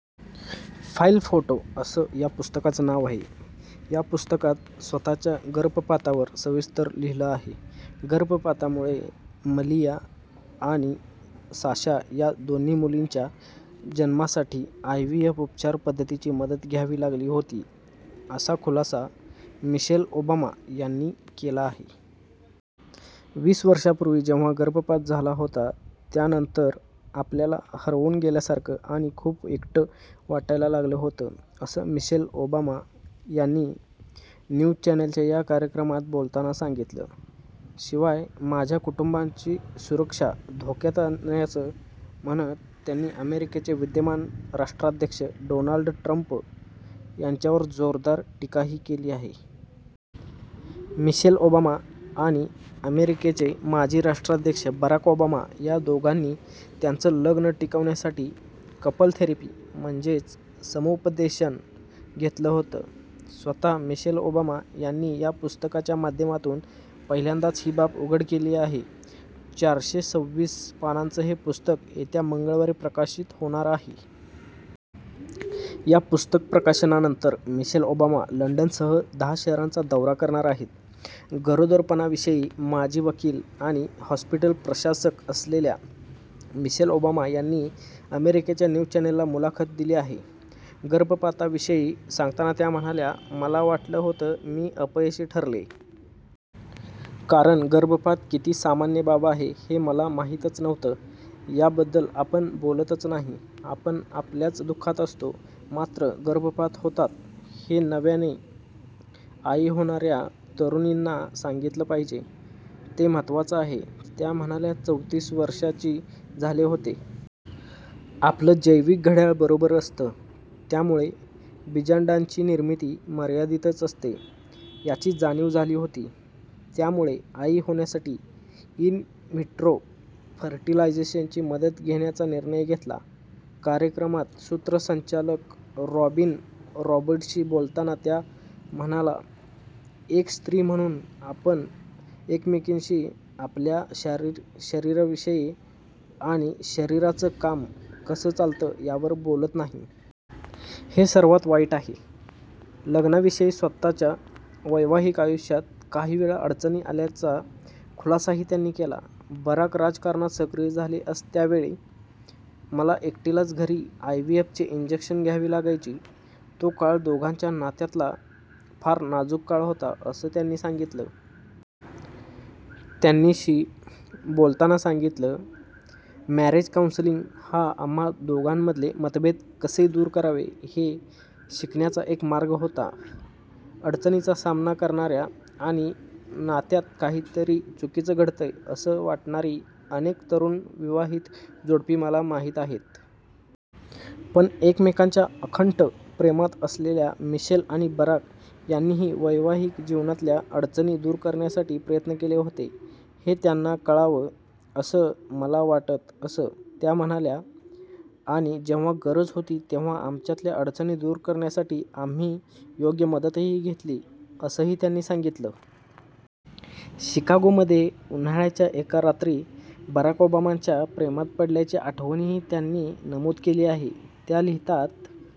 File photo असं या पुस्तकाचं नाव आहे. या पुस्तकात स्वतःच्या गर्भपातावर सविस्तर लिहिलं आहे. गर्भपातामुळे मलिया आणि साशा या दोन्ही मुलींच्या जन्मासाठी आयव्हीएफ उपचार पद्धतीची मदत घ्यावी लागली होती असा खुलासा मिशेल ओबामा यांनी केला आहे. वीस वर्षांपूर्वी जेव्हा गर्भपात झाला होता त्यानंतर आपल्याला हरवून गेल्यासारखं आणि खूप एकटं वाटायला लागलं होतं, असं मिशेल ओबामा यांनी न्यूज चॅनलच्या या कार्यक्रमात बोलताना सांगितलं. शिवाय माझ्या कुटुंबाची सुरक्षा धोक्यात आणल्याचं' म्हणत त्यांनी अमेरिकेचे विद्यमान राष्ट्राध्यक्ष डोनाल्ड ट्रम्प यांच्यावर जोरदार टीकाही केली आहे. मिशेल ओबामा आणि अमेरिकेचे माजी राष्ट्राध्यक्ष बराक ओबामा या दोघांनी त्यांचं लग्नं टिकवण्यासाठी 'कपल थेरपी' म्हणजेच समुपदेशन घेतलं होतं. स्वतः मिशेल ओबामा यांनी या पुस्तकाच्या माध्यमातून पहिल्यांदाच ही बाब उघड केली आहे. चारशे सविस पानांचं हे पुस्तक येत्या मंगळवारी प्रकाशित होणार आहे. या पुस्तक प्रकाशनानंतर मिशेल ओबामा लंडनसह दहा शहरांचा दौरा करणार आहेत. गरोदरपणाविषयी माजी वकील आणि हॉस्पिटल प्रशासक असलेल्या मिशेल ओबामा यांनी अमेरिकेच्या न्यूज चॅनलला मुलाखत दिली आहे. गर्भपाताविषयी सांगताना त्या म्हणाल्या मला वाटलं होत मी अपयशी ठरले. कारण गर्भपात किती सामान्य बाब आहे हे मला माहितीच नव्हतं. याबद्दल आपण बोलतच नाही. आपण आपल्याच दुःखात असतो. मात्र गर्भपात होतात, हे नव्याने आई होणाऱ्या तरुणींना सांगितलं पाहिजे. ते महत्त्वाचं आहे. त्या म्हणाल्या चौतीस वर्षांची झाले होते. आपलं जैविक घड्याळ बरोबर असतं. त्यामुळे बिजांडांची निर्मिती मर्यादितच असते याची जाणीव झाली होती. त्यामुळे आई होण्यासाठी इन-व्हिट्रो फर्टिलायझेशनची मदत घेण्याचा निर्णय घेतला. कार्यक्रमात सूत्रसंचालक रॉबिन रॉबर्टशी बोलताना त्या म्हणाला एक स्त्री म्हणून आपण एकमेकींशी आपल्या शरीराविषयी आणि शरीराच काम कसं चालतं यावर बोलत नाही. हे सर्वांत वाईट आहे. लग्नाविषयी स्वतःच्या वैवाहिक आयुष्यात काहीवेळा अडचणी आल्याचा खुलासाही त्यांनी केला. बराक राजकारणात सक्रीय झाले त्यावेळी मला एकटीलाच घरी आयव्हीएफचे इन्जेक्शन्स घ्यावी लागायची. तो काळ दोघांच्या नात्यातला फार नाजूक काळ होता असं त्यांनी सांगितलं. त्यांनी शी बोलताना सांगितलं, मॅरेज काउंसिलिंग हा आम्हा दोघांमधले मतभेद कसे दूर करावे, हे शिकण्याचा एक मार्ग होता. अडचणींचा सामना करणाऱ्या आणि नात्यात काहीतरी चुकीचं घडतंय, असं वाटणारी अनेक तरुण विवाहित जोडपी मला माहीत आहेत. पण एकमेकांच्या आकंठ प्रेमात असलेल्या मिशेल आणि बराक यांनीही वैवाहिक जीवनातल्या अडचणी दूर करण्यासाठी प्रयत्न केले होते, हे त्यांना कळावं असं मला वाटतं असं त्या म्हणाल्या. आणि जेव्हा गरज होती तेव्हा आमच्यातल्या अडचणी दूर करण्यासाठी आम्ही योग्य मदतही घेतली असंही त्यांनी सांगितलं. शिकागोमध्ये उन्हाळ्याच्या एका रात्री बराक ओबामांच्या प्रेमात पडल्याची आठवणही त्यांनी नमूद केली आहे. त्या लिहितात,